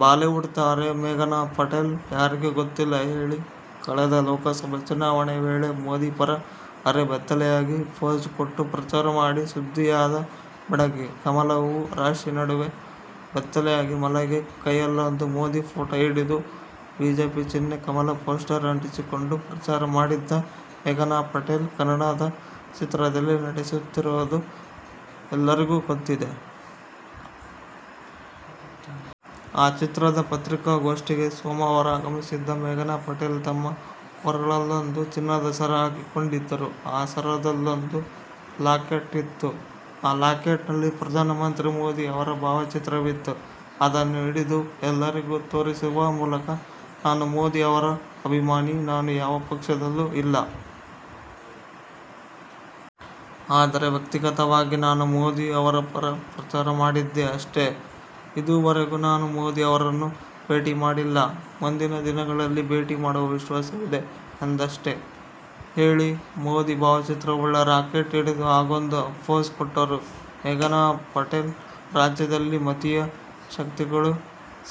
Bollywood ತಾರೆ ಮೇಘನಾಪಟೇಲ್ ಯಾರಿಗೆ ಗೊತ್ತಿಲ್ಲ ಹೇಳಿ? ಕಳೆದ ಲೋಕಸಭೆ ಚುನಾವಣೆ ವೇಳೆ ಮೋದಿ ಪರ ಅರೆಬೆತ್ತಲೆಯಾಗಿ ಫೋಸು ಕೊಟ್ಟು ಪ್ರಚಾರ ಮಾಡಿ ಸುದ್ದಿಯಾದ ಬೆಡಗಿ. ಕಮಲ ಹೂ ರಾಶಿ ನಡುವೆ ಬೆತ್ತಲೆಯಾಗಿ ಮಲಗಿ, ಕೈಯಲ್ಲೊಂದು ಮೋದಿ ಫೋಟೋ ಹಿಡಿದು, ಬಿಜೆಪಿ ಚಿಹ್ನೆ ಕಮಲ ಪೋಸ್ಟರ್ ಅಂಟಿಸಿಕೊಂಡು ಪ್ರಚಾರ ಮಾಡಿದ್ದ ಮೇಘನಾಪಟೇಲ್, ಕನ್ನಡದ ಚಿತ್ರದಲ್ಲಿ ನಟಿಸುತ್ತಿರೋದು ಎಲ್ಲರಿಗೂ ಗೊತ್ತಿದೆ. ಆ ಚಿತ್ರದ ಪತ್ರಿಕಾಗೋಷ್ಠಿಗೆ ಸೋಮವಾರ ಆಗಮಿಸಿದ್ದ ಮೇಘನಾಪಟೇಲ್, ತಮ್ಮ ಕೊರಳಲ್ಲೊಂದು ಚಿನ್ನದ ಸರ ಹಾಕಿಕೊಂಡಿದ್ದರು. ಆ ಸರದಲ್ಲೊಂದು ಲಾಕೆಟ್ ಇತ್ತು. ಆ ಲಾಕೆಟ್ನಲ್ಲಿ ಪ್ರಧಾನ ಮಂತ್ರಿ ಮೋದಿ ಅವರ ಭಾವಚಿತ್ರವಿತ್ತು. ಅದನ್ನು ಹಿಡಿದು ಎಲ್ಲರಿಗೂ ತೋರಿಸುವ ಮೂಲಕ, ನಾನು ಮೋದಿ ಅವರ ಅಭಿಮಾನಿ. ನಾನು ಯಾವ ಪಕ್ಷದಲ್ಲೂ ಇಲ್ಲ. ಆದರೆ, ವ್ಯಕ್ತಿಗತವಾಗಿ ನಾನು ಮೋದಿ ಅವರ ಪರ ಪ್ರಚಾರ ಮಾಡಿದ್ದೆ ಅಷ್ಟೇ. ಇದೂವರೆಗೂ ನಾನು ಮೋದಿ ಅವರನ್ನು ಭೇಟಿ ಮಾಡಿಲ್ಲ. ಮುಂದಿನ ದಿನಗಳಲ್ಲಿ ಭೇಟಿ ಮಾಡುವ ವಿಶ್ವಾಸವಿದೆ' ಎಂದಷ್ಟೇ ಹೇಳಿ ಮೋದಿ ಭಾವಚಿತ್ರವುಳ್ಳ ರಾಕೆಟ್ ಹಿಡಿದು ಹಾಗೊಂದು ಫೋಸ್ ಕೊಟ್ಟರು ಮೇಘನಾಪಟೇಲ್. ರಾಜ್ಯದಲ್ಲಿ ಮತೀಯ ಶಕ್ತಿಗಳು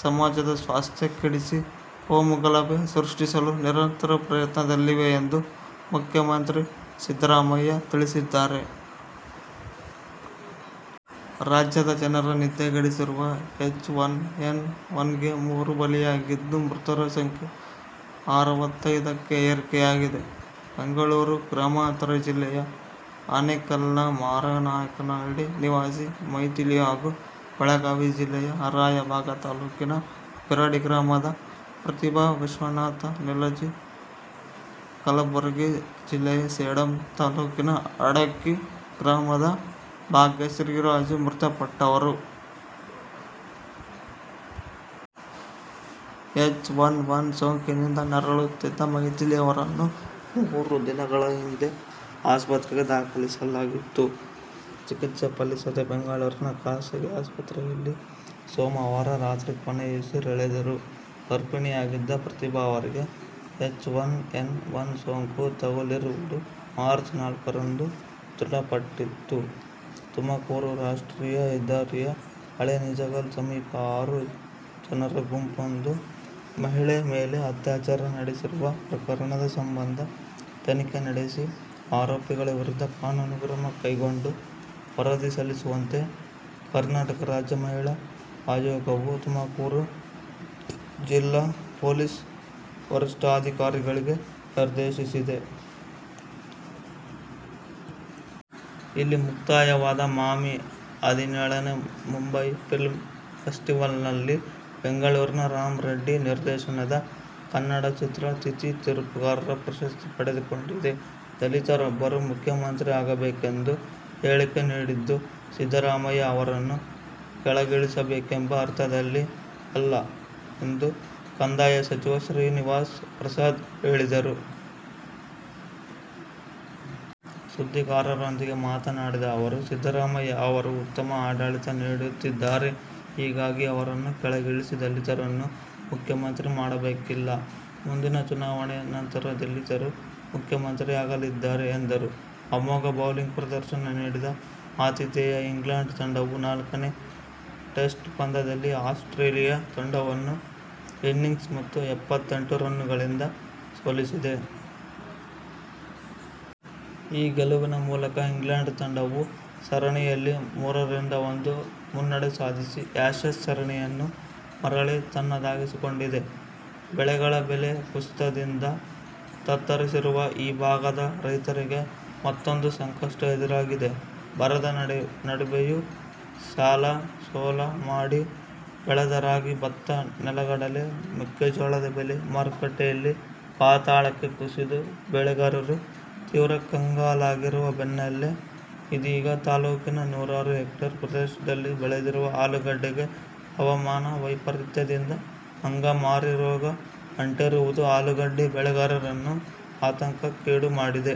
ಸಮಾಜದ ಸ್ವಾಸ್ಥ್ಯ ಕೆಡಿಸಿ ಕೋಮುಗಲಭೆ ಸೃಷ್ಟಿಸಲು ನಿರಂತರ ಪ್ರಯತ್ನದಲ್ಲಿವೆ ಎಂದು ಮುಖ್ಯಮಂತ್ರಿ ಸಿದ್ದರಾಮಯ್ಯ ತಿಳಿಸಿದ್ದಾರೆ. ರಾಜ್ಯದ ಜನರ ನಿದ್ದೆಗೆಡಿಸಿರುವ ಎಚ್ಒನ್ ಏನ್ ಒನ್ಗೆ ಮೂರು ಬಲಿಯಾಗಿದ್ದು, ಮೃತರ ಸಂಖ್ಯೆ ಆರವತೈದಕ್ಕೆ ಏರಿಕೆಯಾಗಿದೆ. ಬೆಂಗಳೂರು ಗ್ರಾಮಾಂತರ ಜಿಲ್ಲೆಯ ಆನೇಕಲ್ನ ಮಾರನಾಯಕನಹಳ್ಳಿ ನಿವಾಸಿ ಮೈಥಿಲಿ ಹಾಗೂ ಬೆಳಗಾವಿ ಜಿಲ್ಲೆಯ ರಾಯಬಾಗ ತಾಲೂಕಿನ ಬಿರಡಿ ಗ್ರಾಮದ ಪ್ರತಿಭಾ ವಿಶ್ವನಾಥ ನಿಲಜಿ, ಕಲಬುರಗಿ ಜಿಲ್ಲೆಯ ಸೇಡಂ ತಾಲೂಕಿನ ಅಡಕಿ ಗ್ರಾಮದ ಭಾಗ್ಯಶ್ರೀರಾಜು ಮೃತಪಟ್ಟವರು. ಎಚ್ ಒನ್ ನ್ ಒನ್ ಸೋಂಕಿನಿಂದ ನರಳುತ್ತಿದ್ದ ಮೈಥಿಲಿ ಅವರನ್ನು ಮೂರು ದಿನಗಳ ಹಿಂದೆ ಆಸ್ಪತ್ರೆಗೆ ದಾಖಲಿಸಲಾಗಿತ್ತು. ಚಿಕತ್ಸೆ ಫಲಿಸದೆ ಬೆಂಗಳೂರಿನ ಖಾಸಗಿ ಆಸ್ಪತ್ರೆಯಲ್ಲಿ ಸೋಮವಾರ ರಾತ್ರಿ ಕೊನೆಯುಸಿರೆಳೆದರು. ಗರ್ಭಿಣಿಯಾಗಿದ್ದ ಪ್ರತಿಭಾ ಅವರಿಗೆ ಎಚ್ಒನ್ ಏನ್ ಒನ್ ಸೋಂಕು ತಗುಲಿರುವುದು ಮಾರ್ಚ್ ನಾಲ್ಕರಂದು ದೃಢಪಟ್ಟಿತ್ತು. ತುಮಕೂರು ರಾಷ್ಟ್ರಿಯ ಹೆದ್ದಾರಿಯ ಹಳೆ ನಿಜಗಲ್ ಸಮೀಪ ಆರು ಜನರ ಗುಂಪೊಂದು ಮಹಿಳೆ ಮೇಲೆ ಅತ್ಯಾಚಾರ ನಡೆಸಿರುವ ಪ್ರಕರಣದ ಸಂಬಂಧ ತನಿಖೆ ನಡೆಸಿ ಆರೋಪಿಗಳ ವಿರುದ್ಧ ಕಾನೂನು ಕ್ರಮ ಕೈಗೊಂಡು ವರದಿ ಸಲ್ಲಿಸುವಂತೆ ಕರ್ನಾಟಕ ರಾಜ್ಯ ಮಹಿಳಾ ಆಯೋಗವು ತುಮಕೂರು ಜಿಲ್ಲಾ ಪೊಲೀಸ್ ವರಿಷ್ಠಾಧಿಕಾರಿಗಳಿಗೆ ನಿರ್ದೇಶಿಸಿದೆ. ಇಲ್ಲಿ ಮುಕ್ತಾಯವಾದ ಮಾಮಿ ಹದಿನೇಳನೇ ಮುಂಬೈ ಫಿಲ್ಮ್ ಫೆಸ್ಟಿವಲ್ನಲ್ಲಿ ಬೆಂಗಳೂರಿನ ರಾಮ್ ರೆಡ್ಡಿ ನಿರ್ದೇಶನದ ಕನ್ನಡ ಚಿತ್ರ ತಿಥಿ ತೀರ್ಪುಗಾರರ ಪ್ರಶಸ್ತಿ ಪಡೆದುಕೊಂಡಿದೆ. ದಲಿತರೊಬ್ಬರು ಮುಖ್ಯಮಂತ್ರಿ ಆಗಬೇಕೆಂದು ಹೇಳಿಕೆ ನೀಡಿದ್ದು ಸಿದ್ದರಾಮಯ್ಯ ಅವರನ್ನು ಕೆಳಗಿಳಿಸಬೇಕೆಂಬ ಅರ್ಥದಲ್ಲಿ ಅಲ್ಲ ಎಂದು ಕಂದಾಯ ಸಚಿವ ಶ್ರೀನಿವಾಸ್ ಪ್ರಸಾದ್ ಹೇಳಿದರು. ಸುದ್ದಿಗಾರರೊಂದಿಗೆ ಮಾತನಾಡಿದ ಅವರು, ಸಿದ್ದರಾಮಯ್ಯ ಅವರು ಉತ್ತಮ ಆಡಳಿತ ನೀಡುತ್ತಿದ್ದಾರೆ. ಹೀಗಾಗಿ ಅವರನ್ನು ಕೆಳಗಿಳಿಸಿ ದಲಿತರನ್ನು ಮುಖ್ಯಮಂತ್ರಿ ಮಾಡಬೇಕಿಲ್ಲ. ಮುಂದಿನ ಚುನಾವಣೆ ನಂತರ ದಲಿತರು ಮುಖ್ಯಮಂತ್ರಿಯಾಗಲಿದ್ದಾರೆ ಎಂದರು. ಅಮೋಘ ಬೌಲಿಂಗ್ ಪ್ರದರ್ಶನ ನೀಡಿದ ಆತಿಥೇಯ ಇಂಗ್ಲೆಂಡ್ ತಂಡವು ನಾಲ್ಕನೇ ಟೆಸ್ಟ್ ಪಂದ್ಯದಲ್ಲಿ ಆಸ್ಟ್ರೇಲಿಯ ತಂಡವನ್ನು ಇನ್ನಿಂಗ್ಸ್ ಮತ್ತು ಎಪ್ಪತ್ತೆಂಟು ರನ್ನುಗಳಿಂದ ಸೋಲಿಸಿದೆ. ಈ ಗೆಲುವಿನ ಮೂಲಕ ಇಂಗ್ಲೆಂಡ್ ತಂಡವು ಸರಣಿಯಲ್ಲಿ ಮೂರ ರಿಂದ ಒಂದು ಮುನ್ನಡೆ ಸಾಧಿಸಿ ಆ್ಯಶಸ್ ಸರಣಿಯನ್ನು ಮರಳಿ ತನ್ನದಾಗಿಸಿಕೊಂಡಿದೆ. ಬೆಳೆಗಳ ಬೆಲೆ ಕುಸಿತದಿಂದ ತತ್ತರಿಸಿರುವ ಈ ಭಾಗದ ರೈತರಿಗೆ ಮತ್ತೂಂದು ಸಂಕಷ್ಟ ಎದುರಾಗಿದೆ. ಬರದ ನಡುವೆಯೂ ಸಾಲ, ಸೋಲ ಮಾಡಿ ಬೆಳೆದ ರಾಗಿ, ಭತ್ತ, ನೆಲಗಡಲೆ, ಮೆಕ್ಕೆಜೋಳದ ಬೆಲೆ ಮಾರುಕಟ್ಟೆಯಲ್ಲಿ ಪಾತಾಳಕ್ಕೆ ಕುಸಿದು ಬೆಳೆಗಾರರು ತೀವ್ರ ಕಂಗಾಲಾಗಿರುವ ಬೆನ್ನಲೇ ಇದೀಗ ತಾಲೂಕಿನ ನೂರಾರು ಹೇಕ್ಟೆರ್ ಪ್ರದೇಶದಲ್ಲಿ ಬೆಳೆದಿರುವ ಅಲೂಗಡ್ಡೆಗೆ ಹವಾಮಾನ ವೈಪರಿತ್ಯದಿಂದ ಅಂಗಮಾರಿ ರೋಗ ಅಂಟಿರುವುದು ಆಲೂಗಡ್ಡೆ ಬೆಳೆಗಾರರನ್ನು ಆತಂಕಕ್ಕೀಡು ಮಾಡಿದೆ.